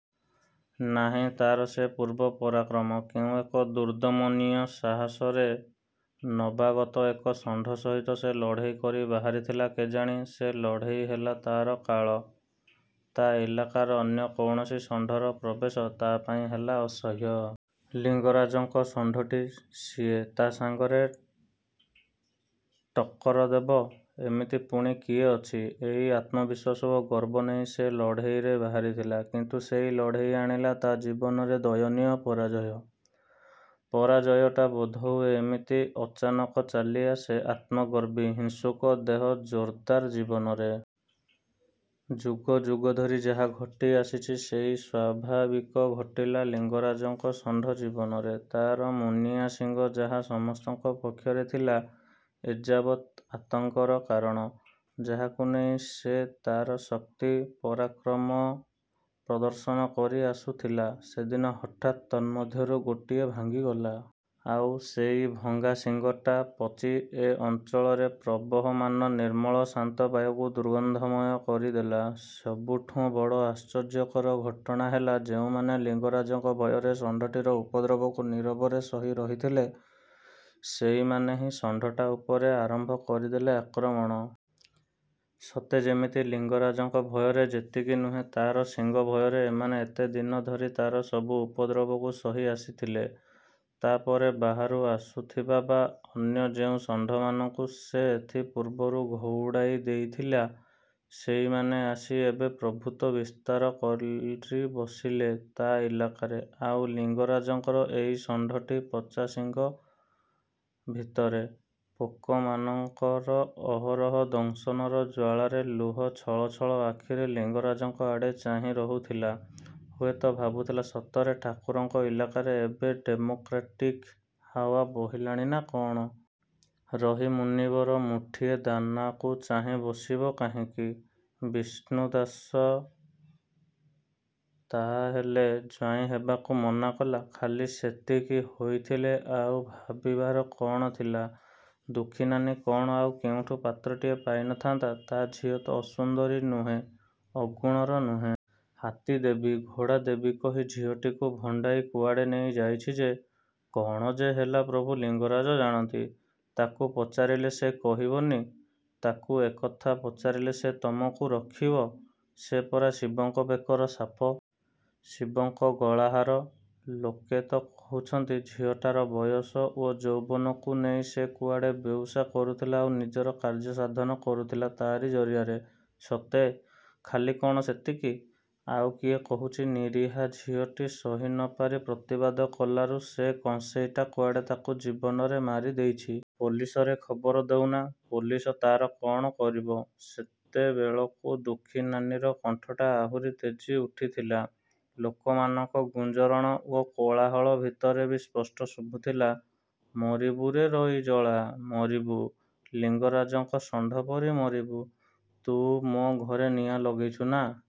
ନାହିଁ ତା'ର ସେ ପୂର୍ବ ପରାକ୍ରମ। କେଉଁ ଏକ ଦୁର୍ଦ୍ଦମନୀୟ ସାହସରେ ନବାଗତ ଏକ ଷଣ୍ଢ ସହିତ ସେ ଲଢ଼େଇ କରି ବାହାରିଥିଲା କେଜାଣି ସେ ଲଢ଼େଇ ହେଲା ତା'ର କାଳ। ତା' ଇଲାକାରେ ଅନ୍ୟ କୌଣସି ଷଣ୍ଢର ପ୍ରବେଶ ତା' ପାଇଁ ହେଲା ଅସହ୍ୟ। ଲିଙ୍ଗରାଜଙ୍କ ଷଣ୍ଢଟି ସିଏ ତା' ସାଙ୍ଗରେ ଟକ୍କର ଦେବ-ଏମିତି ପୁଣି କିଏ ଅଛି? ଏଇ ଆତ୍ମ ବିଶ୍ୱାସ ଓ ଗର୍ବ ନେଇ ସେ ଲଢ଼େଇରେ ବାହାରି ଥିଲା; କିନ୍ତୁ ସେଇ ଲଢ଼େଇ ଆଣିଲା ତା' ଜୀବନରେ ଦୟନୀୟ ପରାଜୟ। ପରାଜୟଟା ବୋଧହୁଏ ଏମିତି ଅଚାନକ ଚାଲି ଆସେ ଆତ୍ମଗର୍ବୀ, ହିଂସୁକ ଦେହ ଜୋର୍ଦାର୍ ଜୀବନରେ। ଯୁଗଯୁଗଧରି ଯାହା ଘଟି ଆସିଛି, ସେଇ ସ୍ଵାଭାବିକ ଘଟିଲା ଲିଙ୍ଗରାଜଙ୍କ ଷଣ୍ଢ ଜୀବନରେ। ତା'ର ମୁନିଆ ଶିଙ୍ଗ ଯାହା ସମସ୍ତଙ୍କ ପକ୍ଷରେ ଥିଲା ଏ ଯାବତ୍ ଆତଙ୍କର କାରଣ, ଯାହାକୁ ନେଇ ସେ ତା'ର ଶକ୍ତି, ପରାକ୍ରମ ପ୍ରଦର୍ଶନ କରି ଆସୁଥିଲା ସେଦିନ ହଠାତ୍ ତନ୍ମଧ୍ୟରୁ ଗୋଟିଏ ଭାଙ୍ଗିଗଲା। ଆଉ ସେଇ ଭଙ୍ଗା ଶିଙ୍ଗଟା ପଚି ଏ ଅଞ୍ଚଳରେ ପ୍ରବହମାନ ନିର୍ମଳ ଶାନ୍ତ ବାୟୁକୁ ଦୂର୍ଗନ୍ଧମୟ କରି ଦେଲା। ସବୁଠୁଁ ବଡ଼ ଆଶ୍ଚର୍ଯ୍ୟକର ଘଟଣା ହେଲା ଯେଉଁମାନେ ଲିଙ୍ଗରାଜଙ୍କ ଭୟରେ ଷଣ୍ଢଟିର ଉପଦ୍ରବକୁ ନୀରବରେ ସହି ରହିଥିଲେ ସେଇମାନେ ହିଁ ଷଣ୍ଢଟା ଉପରେ ଆରମ୍ଭ କରିଦେଲେ ଆକ୍ରମଣ। ସତେ ଯେମିତି ଲିଙ୍ଗରାଜଙ୍କ ଭୟରେ ଯେତିକି ନୁହେଁ, ତା'ର ଶିଙ୍ଗ ଭୟରେ ଏମାନେ ଏତେ ଦିନ ଧରି ତା'ର ସବୁ ଉପଦ୍ରବକୁ ସହି ଆସିଥିଲେ। ତା'ପରେ ବାହାରୁ ଆସୁଥିବା ବା ଅନ୍ୟ ଯେଉଁ ଷଣ୍ଢମାନଙ୍କୁ ସେ ଏଥି ପୂର୍ବରୁ ଘଉଡ଼ାଇ ଦେଇଥିଲା ସେଇମାନେ ଆସି ଏବେ ପ୍ରଭୂତ୍ଵ ବିସ୍ତାର କରି ବସିଲେ ତା' ଇଲାକାରେ, ଆଉ ଲିଙ୍ଗରାଜଙ୍କର ଏଇ ଷଣ୍ଢଟି ପଚା ଶିଙ୍ଗ ଭିତରେ, ପୋକମାନଙ୍କର ଅହରହ ଦଂଶନର ଜ୍ୱାଳାରେ ଲୁହ ଛଳଛଳ ଆଖିରେ ଲିଙ୍ଗରାଜଙ୍କ ଆଡ଼େ ଚାହିଁ ରହୁଥିଲା-ହୁଏତ ଭାବୁଥିଲା, ସତରେ ଠାକୁରଙ୍କ ଇଲାକାରେ ଏବେ ଡେମୋକ୍ରେଟିକ୍ ହାଓ୍ଵା ବହିଲାଣି ନା କ'ଣ? ରହି ମୁନିବର ମୁଠିଏ ଦାନାକୁ ଚାହିଁ ବସିବ କାହିଁକି? 'ବିଷ୍ଣୁ ଦାସ ତା'ହେଲେ ଜ୍ୱାଇଁ ହେବାକୁ ମନା କଲା? ଖାଲି ସେତିକି ହୋଇଥିଲେ ଆଉ ଭାବିବାର କ'ଣ ଥିଲା? ଦୁଃଖୀନାନୀ କ'ଣ ଆଉ କେଉଁଠୁ ପାତ୍ରଟିଏ ପାଇ ନ ଥାନ୍ତା? ତା' ଝିଅ ତ ଅସୁନ୍ଦରୀ ନୁହେଁ, ଅଗୁଣର ନୁହେଁ। ହାତୀ ଦେବି, ଘୋଡ଼ା ଦେବି, କହି ଝିଅଟିକୁ ଭଣ୍ଡାଇ କୁଆଡ଼େ ନେଇ ଯାଇଛି ଯେ କ'ଣ ଯେ ହେଲା ପ୍ରଭୁ ଲିଙ୍ଗରାଜ ଜାଣନ୍ତି। ତାକୁ ପଚାରିଲେ ସେ କହିବନି? ତାକୁ ଏ କଥା ପଚାରିଲେ ସେ ତମକୁ ରଖିବ? ସେ ପରା ଶିବଙ୍କ ବେକର ସାପ। ଶିବଙ୍କ ଗଳାହାର। ଲୋକେ ତ କହୁଛନ୍ତି ଝିଅଟାର ବୟସ ଓ ଯୌବନକୁ ନେଇ ସେ କୁଆଡ଼େ ବେଉସା କରୁଥିଲା ଆଉ ନିଜର କାର୍ଯ୍ୟ ସାଧନ କରୁଥିଲା ତା'ରି ଜରିଆରେ। ସତେ? ଖାଲି କ'ଣ ସେତିକି? ଆଉ କିଏ କହୁଛି ନିରୀହା ଝିଅଟି ସହି ନପାରି ପ୍ରତିବାଦ କଲାରୁ ସେ କଂସେଇଟା କୁଆଡ଼େ ତାକୁ ଜୀବନରେ ମାରିଦେଇଛି। ପୋଲିସରେ ଖବର ଦେଉନା? ପୋଲିସ ତା'ର କ'ଣ କରିବ? ସେତେବେଳକୁ ଦୁଃଖୀନାନୀର କଣ୍ଠଟା ଆହୁରି ତେଜି ଉଠିଥିଲା। ଲୋକମାନଙ୍କ ଗୁଞ୍ଜରଣ ଓ କୋଳାହଳ ଭିତରେ ବି ସ୍ପଷ୍ଟ ଶୁଭୁଥିଲା-ମରିବୁରେ ରଇଜଳା, ମରିବୁ। ଲିଙ୍ଗରାଜଙ୍କ ଷଣ୍ଢ ପରି ମରିବୁ। ତୁ ମୋ' ଘରେ ନିଆଁ ଲଗେଇଛୁ ନା।